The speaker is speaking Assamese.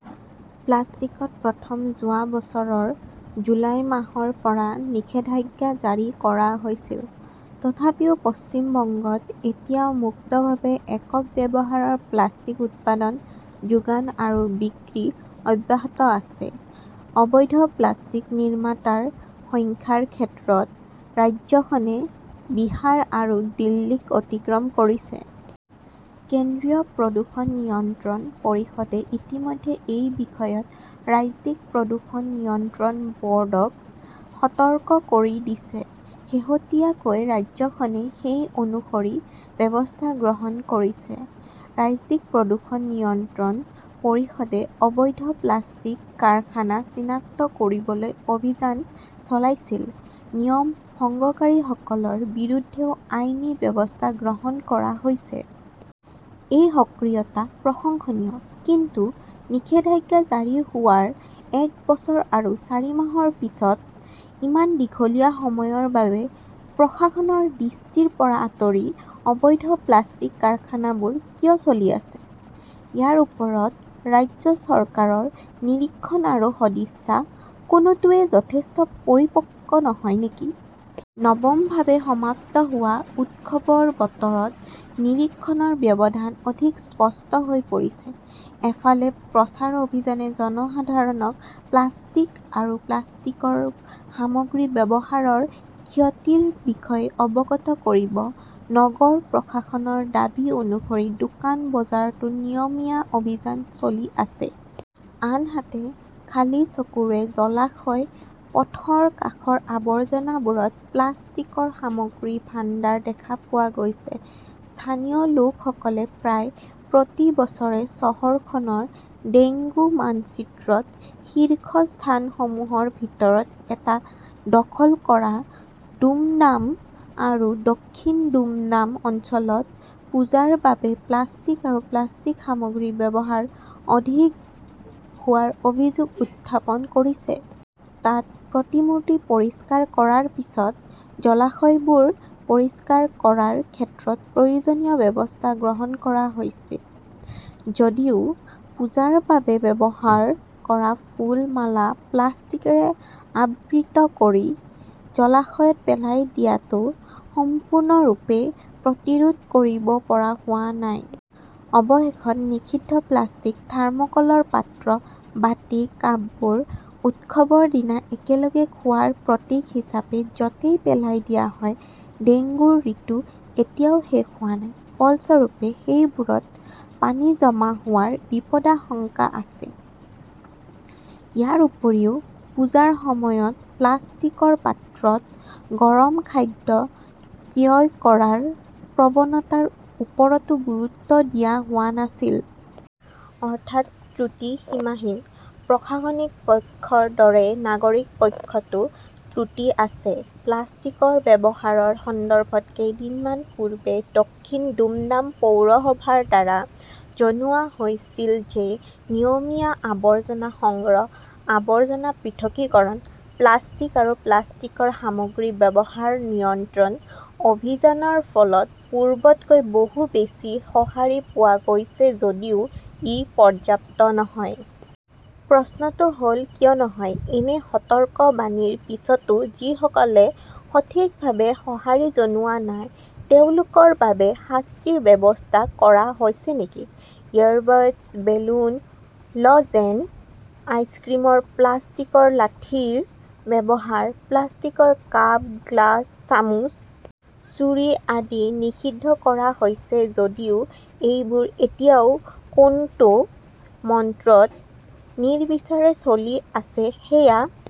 প্লাষ্টিকত প্ৰথম যোৱা বছৰৰ জুলাই মাহৰ পৰা নিষেধাজ্ঞা জাৰি কৰা হৈছিল। তথাপিও পশ্চিম বংগত এতিয়াও মুক্তভাৱে একক ব্যৱহাৰৰ প্লাষ্টিক উৎপাদন, যোগান আৰু বিক্ৰী অব্যাহত আছে। অবৈধ প্লাষ্টিক নিৰ্মাতাৰ সংখ্যাৰ ক্ষেত্ৰত ৰাজ্যখনে বিহাৰ আৰু দিল্লীক অতিক্ৰম কৰিছে। কেন্দ্ৰীয় প্ৰদূষণ নিয়ন্ত্ৰণ পৰিষদে ইতিমধ্যে এই বিষয়ত ৰাজ্যিক প্ৰদূষণ নিয়ন্ত্ৰণ বৰ্ডক সতৰ্ক কৰি দিছে। শেহতীয়াকৈ ৰাজ্যখনে সেই অনুসৰি ব্যৱস্থা গ্ৰহণ কৰিছে। ৰাজ্যিক প্ৰদূষণ নিয়ন্ত্ৰণ পৰিষদে অবৈধ প্লাষ্টিক কাৰখানা চিনাক্ত কৰিবলৈ অভিযান চলাইছিল। নিয়ম ভংগকাৰীসকলৰ বিৰুদ্ধেও আইনী ব্যৱস্থা গ্ৰহণ কৰা হৈছে। এই সক্ৰিয়তা প্ৰশংসনীয়। কিন্তু, নিষেধাজ্ঞা জাৰি হোৱাৰ এক বছৰ আৰু চাৰি মাহৰ পিছত-ইমান দীঘলীয়া সময়ৰ বাবে প্ৰশাসনৰ দৃষ্টিৰ পৰা আঁতৰি অবৈধ প্লাষ্টিক কাৰখানাবোৰ কিয় চলি আছে? ইয়াৰ ওপৰত ৰাজ্য চৰকাৰৰ নিৰীক্ষণ আৰু সদিচ্ছা, কোনোটোৱেই যথেষ্ট পৰিপক্ক নহয় নেকি? নৱমভাৱে সমাপ্ত হোৱা উৎসৱৰ বতৰত নিৰীক্ষণৰ ব্যৱধান অধিক স্পষ্ট হৈ পৰিছে। এফালে, প্ৰচাৰ অভিযানে জনসাধাৰণক প্লাষ্টিক আৰু প্লাষ্টিকৰ সামগ্ৰীৰ ব্যৱহাৰৰ ক্ষতিৰ বিষয়ে অৱগত কৰিব, নগৰ প্ৰশাসনৰ দাবী অনুসৰি দোকান-বজাৰতো নিয়মীয়া অভিযান চলি আছে। আনহাতে, খালী চকুৰে জলাশয়, পথৰ কাষৰ আৱৰ্জনাবোৰত প্লাষ্টিকৰ সামগ্ৰীৰ ভাণ্ডাৰ দেখা পোৱা গৈছে। স্থানীয় লোকসকলে প্ৰায় প্ৰতি বছৰে চহৰখনৰ ডেংগু মানচিত্ৰত শীৰ্ষ স্থানসমূহৰ ভিতৰত এটা দখল কৰা দুমডাম আৰু দক্ষিণ দুমডাম অঞ্চলত পূজাৰ বাবে প্লাষ্টিক আৰু প্লাষ্টিক সামগ্ৰীৰ ব্যৱহাৰ বৃদ্ধি হোৱাৰ অভিযোগ উত্থাপন কৰিছে। তাত প্ৰতিমূৰ্তি পৰিষ্কাৰ কৰাৰ পিছত জলাশয়বোৰ পৰিষ্কাৰ কৰাৰ ক্ষেত্ৰত প্ৰয়োজনীয় ব্যৱস্থা গ্ৰহণ কৰা হৈছে যদিও পূজাৰ বাবে ব্যৱহাৰ কৰা ফুল, মালা প্লাষ্টিকৰে আবৃত কৰি জলাশয়ত পেলাই দিয়াটো সম্পূৰ্ণৰূপে প্ৰতিৰোধ কৰিব পৰা হোৱা নাই। অৱশেষত, নিষিদ্ধ প্লাষ্টিক, থাৰ্মোক্লৰ পাত্ৰ, বাটি, কাপবোৰ উৎসৱৰ দিনা একেলগে খোৱাৰ প্ৰতীক হিচাপে যতেই পেলাই দিয়া হয়। ডেংগুৰ ঋতু এতিয়াও শেষ হোৱা নাই। ফলস্বৰূপে, সেইবোৰত পানী জমা হোৱাৰ বিপদাশংকা আছে । ইয়াৰ উপৰিও পূজাৰ সময়ত প্লাষ্টিকৰ পাত্ৰত গৰম খাদ্য ক্ৰয় কৰাৰ প্ৰৱণতাৰ ওপৰতো গুৰুত্ব দিয়া হোৱা নাছিল। অৰ্থাৎ, ত্ৰুটি সীমাহীন। প্ৰশাসনিক পক্ষৰ দৰে নাগৰিক পক্ষতো ত্ৰুটি আছে। প্লাষ্টিকৰ ব্যৱহাৰৰ সন্দৰ্ভত কেইদিনমান পূৰ্বে দক্ষিণ দুমডাম পৌৰসভাৰ দ্বাৰা জনোৱা হৈছিল যে নিয়মীয়া আৱৰ্জনা সংগ্ৰহ, আৱৰ্জনা পৃথকীকৰণ, প্লাষ্টিক আৰু প্লাষ্টিক সামগ্ৰীৰ ব্যৱহাৰ নিয়ন্ত্ৰণ অভিযানৰ ফলত পূৰ্বতকৈ বহু বেছি সঁহাৰি পোৱা গৈছিল যদিও ই পৰ্যাপ্ত নহয়। প্ৰশ্নটো হ ল, কিয় নহয়? এনে সতৰ্কবাণীৰ পিছতো যিসকলে সঠিকভাৱে সঁহাৰি জনোৱা নাই তেওঁলোকৰ বাবে শাস্তিৰ ব্যৱস্থা কৰা হৈছে নেকি? ইয়ৰ বডছ, বেলুন, ল'জেন, আইচক্ৰীমত প্লাষ্টিকৰ লাঠিৰ ব্যৱহাৰ, প্লাষ্টিকৰ কাপ, গ্লাছ, চামুচ, ছুৰী আদি নিষিদ্ধ কৰা হৈছে যদিও এইবোৰ এতিয়াও কোনটো মন্ত্ৰত নিৰ্বিচাৰে চলি আছে সেয়া